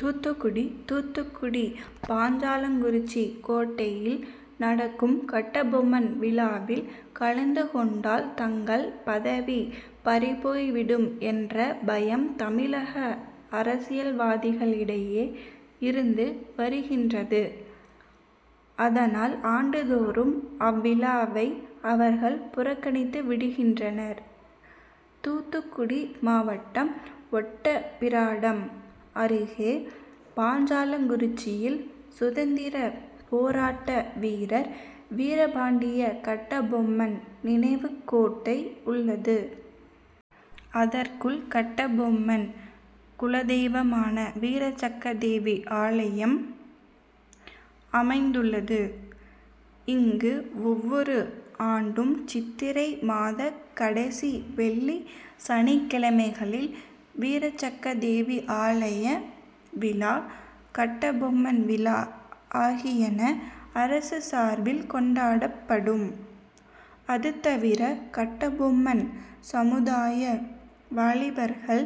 தூத்துக்குடி தூத்துக்குடி பாஞ்சாலங்குறிச்சி கோட்டையில் நடக்கும் கட்டபொம்மன் விழாவில் கலந்து கொண்டால் தங்கள் பதவி பறிபோய்விடும் என்ற பயம் தமிழக அரசியல்வாதிகளிடையே இருந்து வருகின்றது. அதனால் ஆண்டுதோறும் அவ்விழாவை அவர்கள் புறக்கணித்துவிடுகின்றனர். தூத்துக்குடி மாவட்டம் ஒட்டப்பிடாரம் அருகே பாஞ்சாலங்குறிச்சியில் சுதந்திர போராட்ட வீரர் வீரபாண்டிய கட்டபொம்மன் நினைவுக்கோட்டை உள்ளது. அதற்குள் கட்டபொம்மன் குலதெய்வமான வீரசக்கதேவி ஆலயம் அமைந்துள்ளது. இங்கு ஒவ்வொரு ஆண்டும் சித்திரை மாத கடைசி வெள்ளி சனிக்கிழமைகளில் வீரசக்கதேவி ஆலய விழா கட்டபொம்மன் விழா ஆகியன அரசு சார்பில் கொண்டாடப்படும். அதுதவிர கட்டபொம்மன் சமுதாய வாலிபர்கள்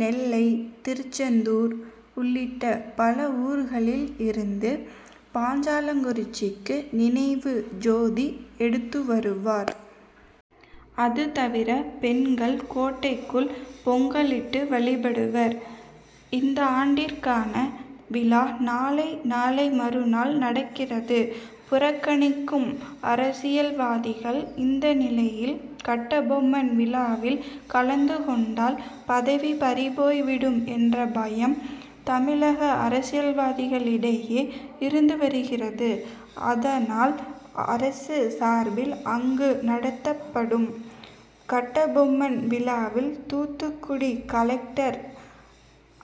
நெல்லை திருச்செந்தூர் உள்ளிட்ட பல ஊர்களில் இருந்து பாஞ்சாலங்குறிச்சிக்கு நினைவு ஜோதி எடுத்துவருவர். அதுதவிர பெண்கள் கோட்டைக்குள் பொங்கலிட்டு வழிபடுவர். இந்தாண்டிற்கான விழா நாளை நாளை மறுநாள் நடக்கிறது. புறக்கணிக்கும் அரசியல்வாதிகள் இந்தநிலையில் கட்டபொம்மன் விழாவில் கலந்துகொண்டால் பதவி பறிபோய்விடும் என்ற பயம் தமிழக அரசியல்வாதிகளிடையே இருந்துவருகிறது. அதனால் அரசு சார்பில் அங்கு நடத்தப்படும் கட்டபொம்மன் விழாவில் தூத்துக்குடி கலெக்டர்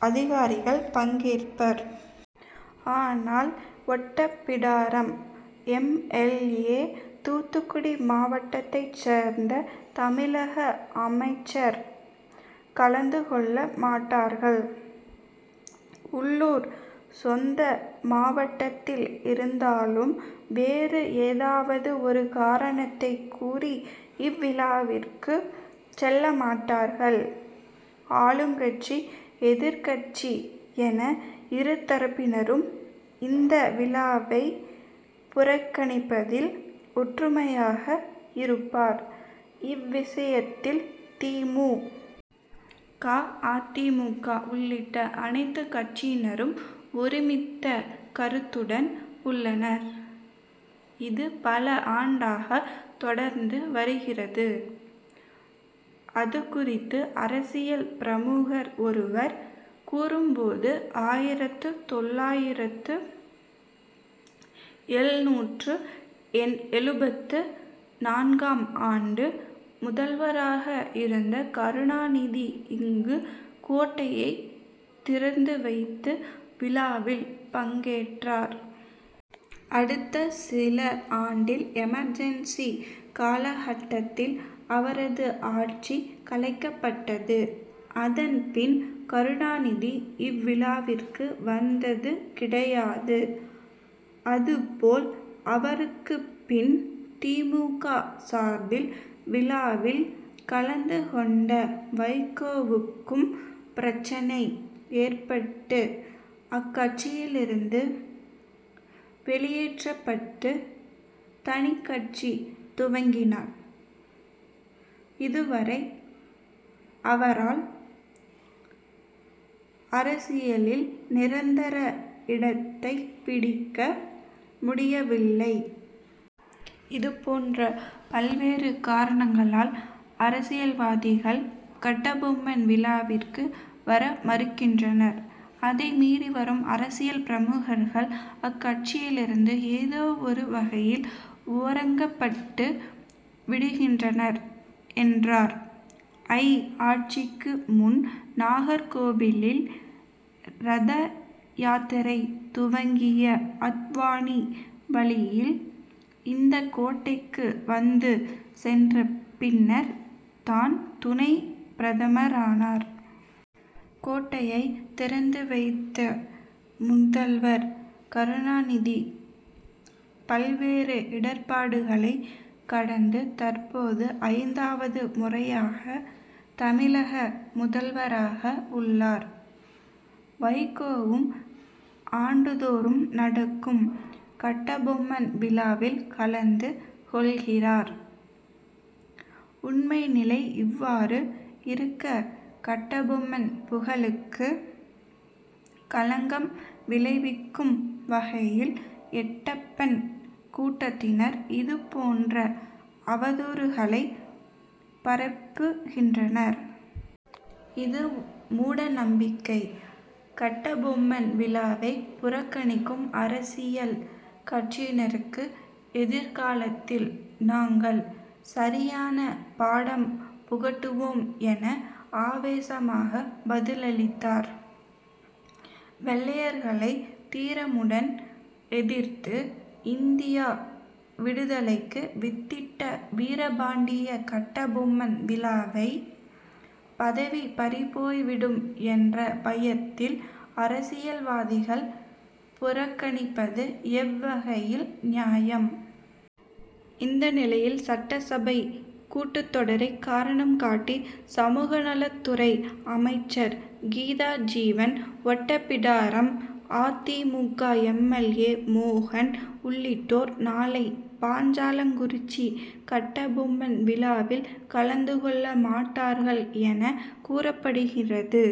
அதிகாரிகள் பங்கேற்பர். ஆனால் Ottapidaram M. L. A. Thoothukudi மாவட்டத்தைச் சேர்ந்த தமிழக அமைச்சர் கலந்துகொள்ளமாட்டார்கள். உள்ளூர் சொந்த மாவட்டத்தில் இருந்தாலும் வேறு ஏதாவது ஒரு காரணத்தைக்கூறி இவ்விழாவிற்கு செல்லமாட்டார்கள். ஆளுங்கட்சி எதிர்க்கட்சி என இருதரப்பினரும் இந்த விழாவை புறக்கணிப்பதில் ஒற்றுமையாக இருப்பார். இவ்விஷயத்தில் தி. மு. க. அ. தி. மு. க. உள்ளிட்ட அனைத்துக்கட்சியினரும் ஒருமித்த கருத்துடன் உள்ளனர். இது பல ஆண்டாக தொடர்ந்துவருகிறது. அதுகுறித்து அரசியல் பிரமுகர் ஒருவர் கூறும்போது ஆயிரத்து தொள்ளாயிரத்து எழுநூற்று எழுபத்து நான்காம் ஆண்டு முதல்வராக இருந்த கருணாநிதி இங்கு கோட்டையை திறந்துவைத்து விழாவில் பங்கேற்றார். அடுத்த சில ஆண்டில் எமர்ஜென்சி காலகட்டத்தில் அவரது ஆட்சி கலைக்கப்பட்டது. அதன்பின் கருணாநிதி இவ்விழாவுக்கு வந்தது கிடையாது. அதுபோல் அவருக்குப்பின் தி. மு. க. சார்பில் விழாவில் கலந்துகொண்ட வைகோவுக்கு பிரச்னை ஏற்பட்டு அக்கட்சியிலிருந்து வெளியேற்றப்பட்டு தனிக்கட்சி துவங்கினார். இதுவரை அவரால் அரசியலில் நிரந்தர இடத்தைப்பிடிக்க முடியவில்லை. இதுபோன்ற பல்வேறு காரணங்களால் அரசியல்வாதிகள் கட்டபொம்மன் விழாவுக்கு வரமறுக்கின்றனர். அதைமீறி வரும் அரசியல் பிரமுகர்கள் அக்கட்சியிலிருந்து ஏதோ ஒரு வகையில் ஓரங்கப்பட்டுவிடுகின்றனர் என்றார். ஐ. ஆட்சிக்கு முன் நாகர்கோவிலில் ரதயாத்திரை துவங்கிய அத்வானி வழியில் இந்த கோட்டைக்கு வந்து சென்ற பின்னர் தான் துணை பிரதமரானார். கோட்டையை திறந்துவைத்த முதல்வர் கருணாநிதி பல்வேறு இடர்பாடுகளை கடந்து தற்போது ஐந்தாவது முறையாக தமிழக முதல்வராக உள்ளார். வைகோவும் ஆண்டுதோறும் நடக்கும் கட்டபொம்மன் விழாவில் கலந்து கொள்கிறார். உண்மை நிலை இவ்வாறு இருக்க கட்டபொம்மன் புகழுக்கு களங்கம் விளைவிக்கும் வகையில் எட்டப்பன் கூட்டத்தினர் இதுபோன்ற அவதூறுகளை பரப்புகின்றனர். இது மூட நம்பிக்கை. கட்டபொம்மன் விழாவை புறக்கணிக்கும் அரசியல் கட்சியினருக்கு எதிர்காலத்தில் நாங்கள் சரியான பாடம் புகட்டுவோம் என ஆவேசமாக பதிலளித்தார். வெள்ளையர்களை தீரமுடன் எதிர்த்து இந்திய விடுதலைக்கு வித்திட்ட வீரபாண்டிய கட்டபொம்மன் விழாவை பதவி பறிபோய்விடும் என்ற பயத்தில் அரசியல்வாதிகள் புறக்கணிப்பது எவ்வகையில் நியாயம். இந்த நிலையில் சட்டசபை கூட்டத்தொடரை காரணம் காட்டி சமூகநலத்துறை அமைச்சர் கீதாஜீவன் ஒட்டப்பிடாரம் அ. தி. மு. க. எம். எல். ஏ. மோகன் உள்ளிட்டோர் நாளை பாஞ்சாலங்குறிச்சி கட்டபொம்மன் விழாவில் கலந்துகொள்ளமாட்டார்கள் என கூறப்படுகிறது.